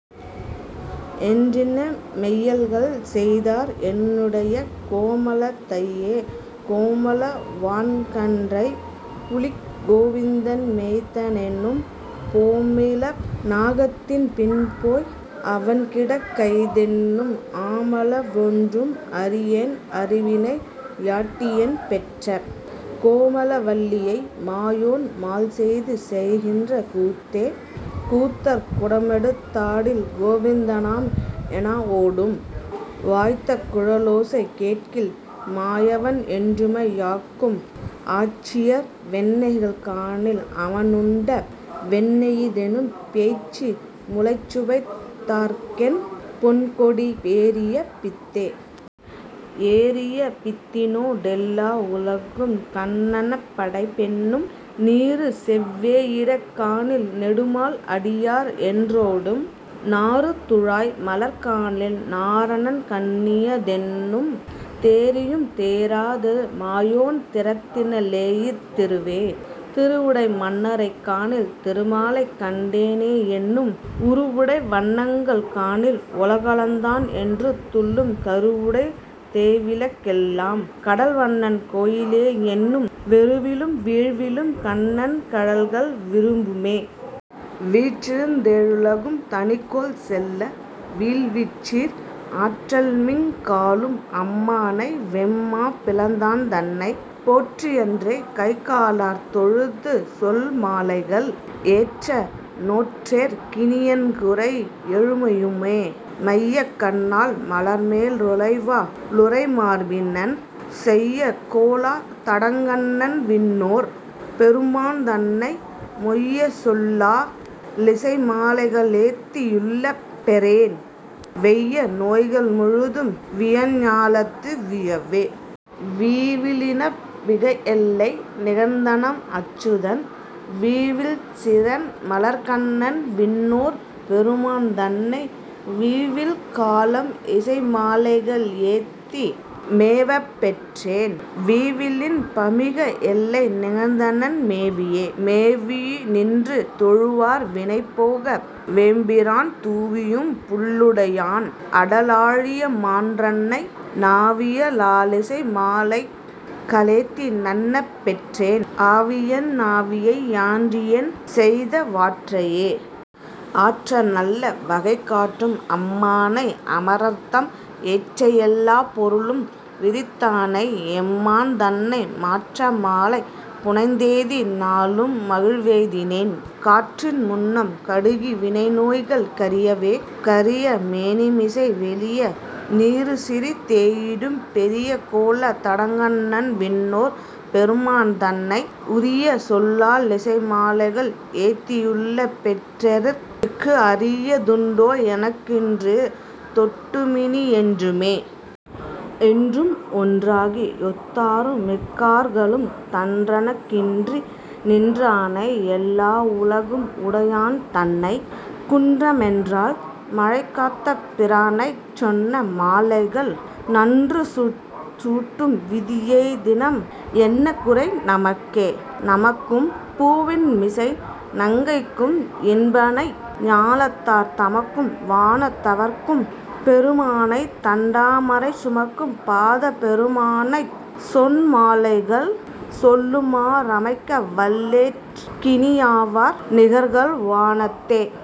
என்றின மையல்கள் செய்தார் என்னுடைக் கோமளத் தையே.. கோமள வான்கன்றைப் புல்கிக் கோவிந்தன் மேய்த்தன என்னும், போமிள நாகத்தின் பின்போய் அவன்கிடக் கையீ தென்னும், ஆமள வொன்றும் அறியேன் அருவினை யாட்டியேன் பெற்ற, கோமள வல்லியை மாயோன் மால்செய்து செய்கின்ற கூத்தே.. கூத்தர் குடமெடுத் தாடில் கோவிந்த னாம் எனா ஓடும், வாய்த்த குழலோசை கேட்கில் மாயவன் என்றுமை யாக்கும், ஆய்ச்சியர் வெண்ணெய்கள் காணில் அவனுண்ட வெண்ணெயீ தென்னும், பேய்ச்சி முலைசுவைத் தாற்கென் பெண்கொடி யேறிய பித்தே.. ஏறிய பித்தினோ டெல்லா வுலகும்கண் ணன்படைப் பென்னும் நீறுசெவ் வேயிடக் காணில் நெடுமால் அடியார் என் றோடும், நாறு துழாய்மலர் காணில் நாரணன் கண்ணியீ தென்னும், தேறியும் தேறாது மாயோன் திறத்தன ளேயித் திருவே.. திருவுடை மன்னரைக் காணில் திருமாலைக் கண்டேனே என்னும், உருவுடை வண்ணங்கள் காணில் உலகளந் தான் என்று துள்ளும், கருவுடைத் தேவில்க ளெல்லாம் கடல்வண்ணன் கோயிலே என்னும் வெருவிலும் வீழ்விலும் கண்ணன் கழல்கள் விரும்புமே.. வீற்றிருந் தேழுலகும் தனிக்கோல் செல்ல, வீவில்சீர், ஆற்றல்மிக் காளும் அம்மானைவெம்மா பிளந்தான்தன்னை, போற்றி யென்றே கைகளாரத் தொழுது சொல்மாலைகள், ஏற்ற நோற்றேற் கினியென்னகுறை யெழுமையுமே?. மைய கண்ணாள் மலர்மேலுறைவா ளுறைமார்பினன், செய்ய கொலத் தடங்கண்ணன் விண்ணோர் பெருமான்தன்னை மொய்ய சொல்லா லிசைமாலைகளேத்தி யுள்ளப் பெற்றேன், வெய்ய நோய்கள் முழுதும் வியன்ஞாலத்து வீயவே.. வீவி லின்ப மிகஎல்லை நிகழ்ந்தநம் அச்சுதன், வீவில் சீரன் மலர்க்கண்ணன் விண்ணோர் பெருமான்தன்னை, வீவில் காலம் இசைமாலைகள் ஏத்தி மேவப்பெற்றேன், வீவி லின்பமிக எல்லை நிகழ்ந்தனன் மேவியே.. மேவி நின்று தொழுவார் வினைபோக மேவும்பிரான், தூவியம் புள்ளு டையான் அடலாழியம் மான்றன்னை, நாவிய லாலிசை மாலைக ளேத்திநண் ணப்பெற்றேன், ஆவியென் னாவியை யானறியேன்செய்த வாற்றையே.. ஆற்ற நல்ல வகைகாட்டும் அம்மானை, அமரர்தம் ஏற்றை யெல்லாப் பொருளும் விரித்தானை எம்மான்தன்னை, மாற்ற மாலை புனைந்தேத்தி நாளும் மகிழ்வெய்தினேன், காற்றின் முன்னம் கடுகி வினைநோய்கள் கரியவே.. கரிய மேனிமிசை வெளிய நீறுசிறி தேயிடும், பெரிய கோலத் தடங்கண்ணன் விண்ணோர் பெருமான்தன்னை, உரிய சொல்லா லிசைமாலைகள் ஏத்தியுள்ளப் பெற்றேற்கு, அரிய துண்டோ எனக்கின்று தொட்டுமினி யென்றுமே?. என்றும் ஒன்றாகி யொத்தாரும்மிக்கார்களும், தன்றனக் கின்றி நின்றானை யெல்லாவுலகும் உடையான் தன்னை, குன்ற மொன்றால் மழைகாத்தபிரானைச்சொன் மாலைகள், நன்று சூட்டும் விதியெய்தினம் என்ன குறைநமக்கே?. நமக்கும் பூவின்மிசை நங்கைக்கும் இன்பனை, ஞாலத்தார் தமக்கும் வானத் தவர்க்கும் பெருமானை, தண்டாமரை சுமக்கும் பாதப் பெருமானைச் சொன்மாலைகள், சொல்லுமா றமைக்க வல்லேற் கினியாவர் நிகரகல் வானத்தே?.